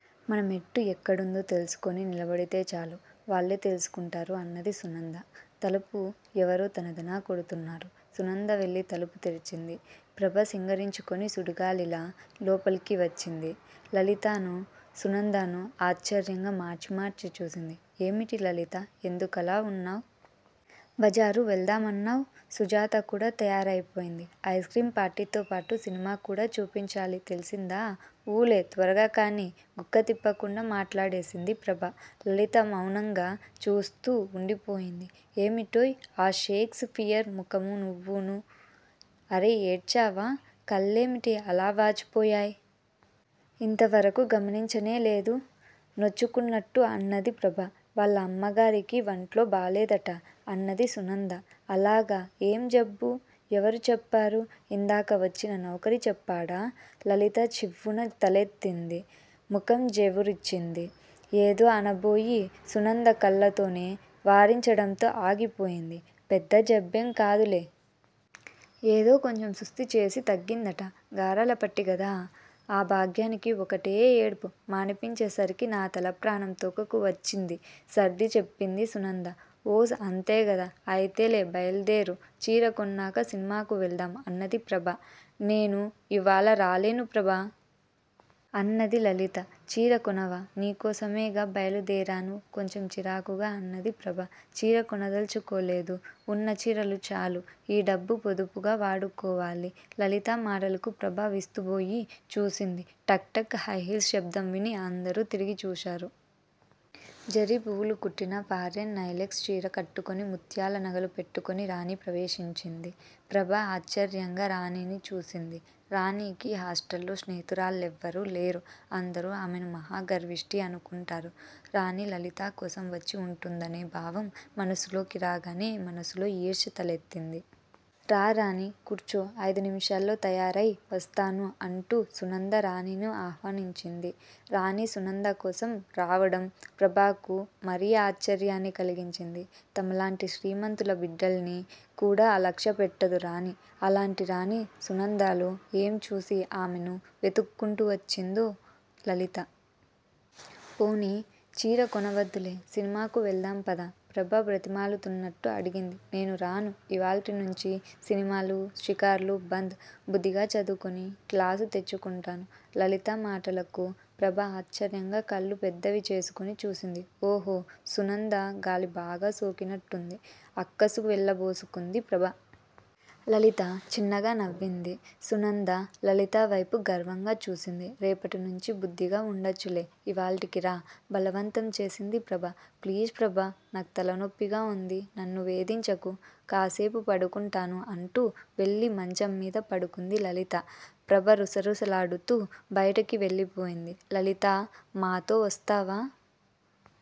మనమెట్టు ఎక్కడుందో తెలుసుకొని నిలబడితే చాలు. వాళ్ళే తెలుసుకుంటారు అన్నది సునంద. తలుపు ఎవరో ధన ధన కొడుతున్నారు. సునంద వెళ్ళి తలుపు తెరిచింది. ప్రభ సింగారించుకొని సుడిగాలిలా లోపలకు వచ్చింది. లలితనూ, సునందనూ ఆశ్చర్యంగా మార్చి మార్చి చూసింది. ఏమిటి లలితా? ఎందుకలా వున్నావ్? బజారు వెళ్దామన్నావ్? సుజాత కూడ తయారై పోయింది. ఐస్ క్రీం పార్టీతోపాటు సినిమాకూడా చూపించాలి తెలిసిందా! ఊ! లే! త్వరగా కానియ్! గుక్కతిప్పుకుండా మాట్లాడేసింది ప్రభ. లలిత మౌనంగా చూస్తూ వుండిపోయింది. ఏమిటోయ్ ఆ షేక్స్ పియర్ ముఖమూ నువ్వునూ! అరే ఏడ్చావా? కళ్ళేమిటి అలా వాచిపోయాయ్? ఇంతవరకూ గమనించనేలేదు? నొచ్చుకుంటూ అన్నది ప్రభ. వాళ్ళ అమ్మగారికి వంట్లో బాగాలేదట అన్నది సునంద. అలాగా? ఏం జబ్బు? ఎవరు చెప్పారు? ఇందాక వచ్చిన నౌకరు చెప్పాడా? లలిత చివ్వున తలెత్తింది. ముఖం జేవురించింది. ఏదో అనబోయి సునంద కళ్ళతోనే వారించడంతో ఆగిపోయింది. పెద్ద జబ్బేం కాదులే. ఏదో కొంచెం సుస్తీ చేసి తగ్గిందట. గారాలపట్టి గదా! ఆ భాగ్యానికే ఒకటే ఏడుపు. మానిపించే సరికి నా తలప్రాణం తోకకి వచ్చింది సర్ది చెప్పింది సునంద. ఓస్ అంతేగదా! అయితే లే బయలుదేరు. చీర కొన్నాక సినిమాకు వెళ్దాం! అన్నది ప్రభ. నేను ఇవ్వాళ రాలేను ప్రభా! అన్నది లలిత. చీర కొనవా? నీ కోసమేగా బయలుదేరాను? కొంచెం చిరాకుగా అన్నది ప్రభ. చీర కొనదల్చుకోలేదు. వున్న చీరలు చాలు. ఈ డబ్బు పొదుపుగా వాడుకోవాలి. లలిత మాటలకు ప్రభ విస్తుబోయి చూసింది. టక్ టక్ హైహీల్స్ శబ్దం విని అందరూ తిరిగి చూశారు. జరీ పువ్వులు కుట్టిన ఫారెన్ నై లెక్స్ చీర కట్టుకొని, ముత్యాల నగలు పెట్టుకొని రాణి ప్రవేశించింది. ప్రభ ఆశ్చర్యంగా రాణీని చూసింది. రాణీకి హాస్టల్లో స్నేహితురాళ్లెవరూ లేరు. అందరూ ఆమెను మహా గర్విష్టి అనుకుంటారు. రాణీ లలితకోసం వచ్చివుంటుందనే భావం మనసులోకి రాగానే మనసులో ఈర్ష్య తలెత్తింది. రా! రాణీ? కూర్చో! ఐదు నిముషాల్లో తయారై వస్తాను అంటూ సునంద రాణీని ఆహ్వానించింది. రాణి సునంద కోసం రావడం ప్రభకు మరీ ఆశ్చర్యాన్ని కలిగించింది. తమలాంటి శ్రీమంతుల బిడ్డల్ని కూడా లక్ష్యపెట్టదు రాణి. అలాంటి రాణి సునందలో ఏంచూసి ఆమెను వెతుక్కుంటూ వచ్చిందో? లలితా! పోనియ్ చీర కొనవద్దులే సినిమాకు వెళ్దాం పద! ప్రభ బ్రతిమాలుతున్నట్టు అడిగింది. నేను రాను! ఇవ్వాల్టినుంచి సినిమాలు, షికార్లూ బంద్. బుద్ధిగా చదువుకొని క్లాసు తెచ్చుకుంటాను. లలిత మాటలకు ప్రభ ఆశ్చర్యంగా కళ్ళు పెద్దవి చేసుకొని చూసింది. ఓహో! సునంద గాలి బాగా సోకినట్టుంది! అక్కసు వెళ్ళబోసుకుంది ప్రభ. లలిత చిన్నగా నవ్వింది. సునంద లలితవైపు గర్వంగా చూసింది. రేపటినుంచి బుద్ధిగా వుండొచ్చులే ఇవ్వాల్టికిరా! బలవంతం చేసింది ప్రభ. ప్లీజ్ ప్రభా! నాకు తలనొప్పిగా వుంది. నన్ను వేధించకు. కాసేపు పడుకుంటాను అంటూవెళ్ళి మంచం మీద పడుకుంది లలిత. ప్రభ రుసరుసలాడుతూ బయటికి వెళ్ళిపోయింది. లలితా మాతో వస్తావా?